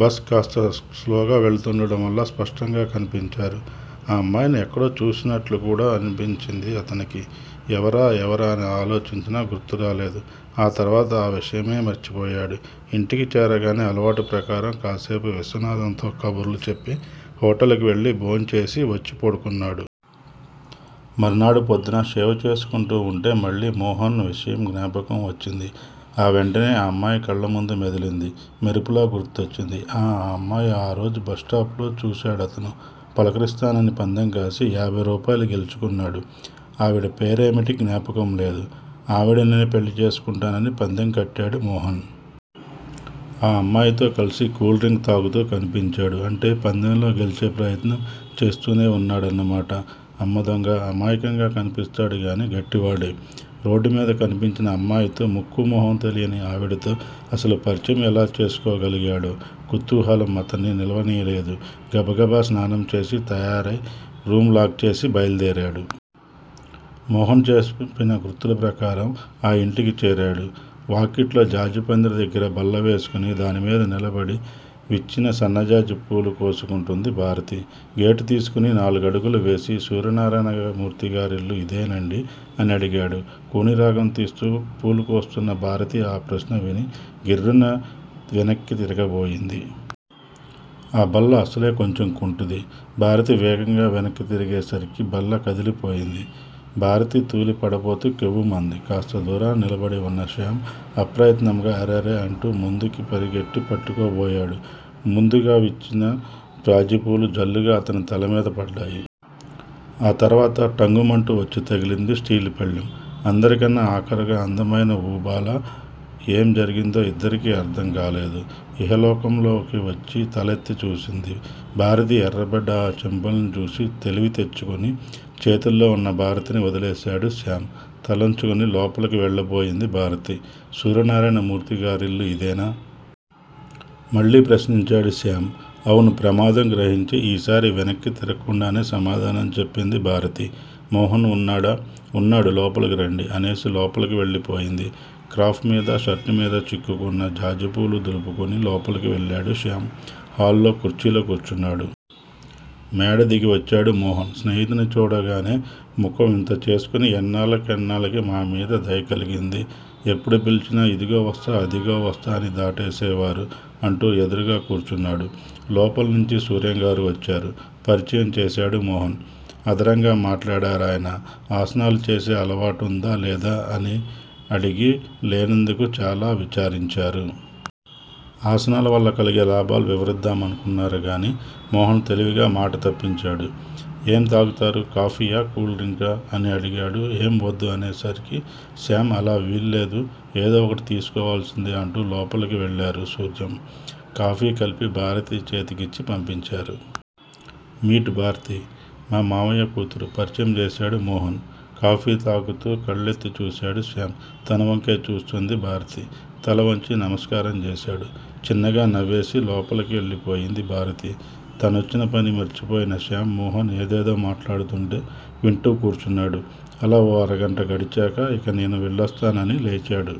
Bus కాస్త స్లోగా వెళుతుండడం వల్ల స్పష్టంగా కనిపించారు. ఆ అమ్మాయిని యెక్కడో చూసినట్లుకూడా అనిపించింది అతనికి. యెవరా యెవరా అని ఆలోచించినా గుర్తురాలేదు. ఆ తరువాత ఆ విషయమే మర్చిపోయాడు. యింటికి చేరగానే అలవాటు ప్రకారం కాసేపు విశ్వనాధంతో కబుర్లు చెప్పి హొటల్ కి వెళ్ళి భోం చేసి వచ్చి పడుకున్నాడు. మర్నాడు పొద్దున షేవ్ చేసుకుంటూవుంటే మళ్ళీ మోహన్ విషయం జ్ఞాపకం వచ్చింది. ఆ వెంటనే ఆ అమ్మాయి కళ్ళముందు మెదిలింది. మెరుపులా గుర్తొచ్చింది ఆ అమ్మాయి ఆరోజు బస్టాప్ లో చూసాడతను. పలకరిస్తానని పందెం కాసి యాభై రూపాయలు గెలుచుకున్నాడు. ఆవిడ పేరేమిటి జ్ఞాపకంలేదు. ఆవిడనే పెళ్ళి చేసుకుంటానని పందెం కట్టాడు మోహన్. ఆ అమ్మాయితో కలిసి కూల్ డ్రింక్ తాగుతూ కనిపించాడు అంటే పందెంలో గెల్చే ప్రయత్నం చేస్తూనే వున్నాడన్నమాట అమ్మదొంగా అమాయకంగా కనిపిస్తాడు గానీ గట్టివాడే. రోడ్డుమీద కనిపించిన అమ్మాయితో ముక్కూ మొహం తెలియని ఆవిడతో అసలు పరిచయం ఎలా చేసుకోగలిగాడో! కుతూహలం అతన్ని నిలవనీయలేదు. గబగబ స్నానం చేసి తయారై రూం లాక్ చేసి బయలుదేరాడు. మోహన్ చెప్పిన గుర్తుల ప్రకారం ఆ ఇంటికి చేరాడు. వాకిట్లో జాజిపందిరి దగ్గర బల్ల వేసుకుని దానిమీద నిలబడి విచ్చిన సన్నజాజి పూలు కోసుకుంటోంది భారతి. గేటు తీసుకొని నాలుగడుగులు వేసి- సూర్యనారాయణమూర్తిగారిల్లు ఇదేనాండీ? అని అడిగాడు. కూనిరాగం తీస్తూ పూలు కోస్తున్న భారతి ఆ ప్రశ్న విని గిర్రున వెనక్కి తిరగబోయింది. ఆ బల్లఅసలే కొంచెం కుంటిది. భారతి వేగంగా వెనక్కి తిరిగేసరికి బల్ల కదిలిపోయింది. భారతి తూలి పడబోతూ కెవ్వుమంది. కాస్త దూరాన నిలబడివున్న శ్యామ్ అప్రయత్నముగా 'అరెరె! ' అంటూ ముందుకి పరిగెట్టి పట్టుకో బోయాడు. ముందుగా విచ్చిన జాజిపూలు జల్లుగా అతని తల మీద పడ్డాయి. ఆ తరువాత ఠంగుమంటూ వచ్చి తగిలింది స్టీలు పళ్ళెం. అందరికన్నా ఆఖరుగా అందమైన వూబాల! ఏం జరిగిందో ఇద్దరికీ అర్థంకాలేదు. ఇహలోకంలోకి వచ్చి తలెత్తి చూసింది భారతి ఎర్రబడ్డ ఆ చెంపలని చూసి తెలివి తెచ్చుకుని చేతుల్లో వున్న భారతిని వదిలేశాడు శ్యామ్. తలోంచుకుని లోపలికి వెళ్ళబోయింది భారతి సూర్యనారాయణమూర్తిగారిల్లు ఇదేనా? మళ్ళీ ప్రశ్నించాడు శ్యామ్. అవును ప్రమాదం గ్రహించి ఈసారి వెనక్కి తిరక్కుండానే సమాధానం చెప్పింది భారతి. మోహన్ ఉన్నాడా? ఉన్నాడు లోపలికి రండి! అనేసి లోపలికి వెళ్ళి పోయింది. క్రాఫ్ మీద, షర్టుమీద చిక్కుకున్న జాజిపూలు దులుపుకొని లోపలికి వెళ్ళాడు శ్యామ్. హాల్లో కుర్చీలో కూర్చున్నాడు. మేడ దిగివచ్చాడు మోహన్. స్నేహితుడిని చూడగానే ముఖం ఇంత చేసుకుని__ ఎన్నాళ్ళకెన్నాళ్ళకి మా మీద దయ కలిగింది! ఎప్పుడు పిలిచినా ఇదుగో వస్తా అదిగో వస్తా అని దాటేసేవారు అంటూ ఎదురుగా కూర్చున్నాడు. లోపలినుంచి సూర్యం గారు వచ్చారు. పరిచయం చేసాడు మోహన్. ఆదరంగా మాట్లాడారాయన ఆసనాలు చేసే అలవాటుందా లేదా అడిగి లేనందుకు చాలా విచారించారు. ఆసనాలవల్ల కలిగే లాభాలు వివరిద్డామానుకున్నారుగానీ మోహన్ తెలివిగా మాట తప్పించాడు. ఏం తాగుతారు? కాఫీయా? కూల్ డ్రింకా? అని అడిగాడు ఏం వద్దు అనేశాడు శ్యామ్. అలా వీల్లేదు ఏదో ఒకటి తీసుకోవాల్సిందే అంటూ లోపలికి వెళ్లారు సూర్యం. కాఫీ కలిపి భారతి చేతి కిచ్చి పంపించారు. మీట్ భారతి. మా మామయ్య కూతురు పరిచయం చేసాడు మోహన్. కాఫీ తాగుతూ కెళ్ళేత్తి చూసాడు శ్యామ్. తన వంకే చూస్తోంది భారతి తలవంచి నమస్కారం చేసాడు. చిన్నగా నవ్వేసి లోపలికి వెళ్ళిపోయింది భారతి. తనోచ్చిన పని మర్చిపోయిన శ్యామ్ మోహన్ ఏదేదో మాట్లాడుతుంటే వింటూ కూర్చున్నాడు. అలా ఓ అరగంట గడిచాక ఇక నేను వెళ్ళోస్తానని లేచాడు.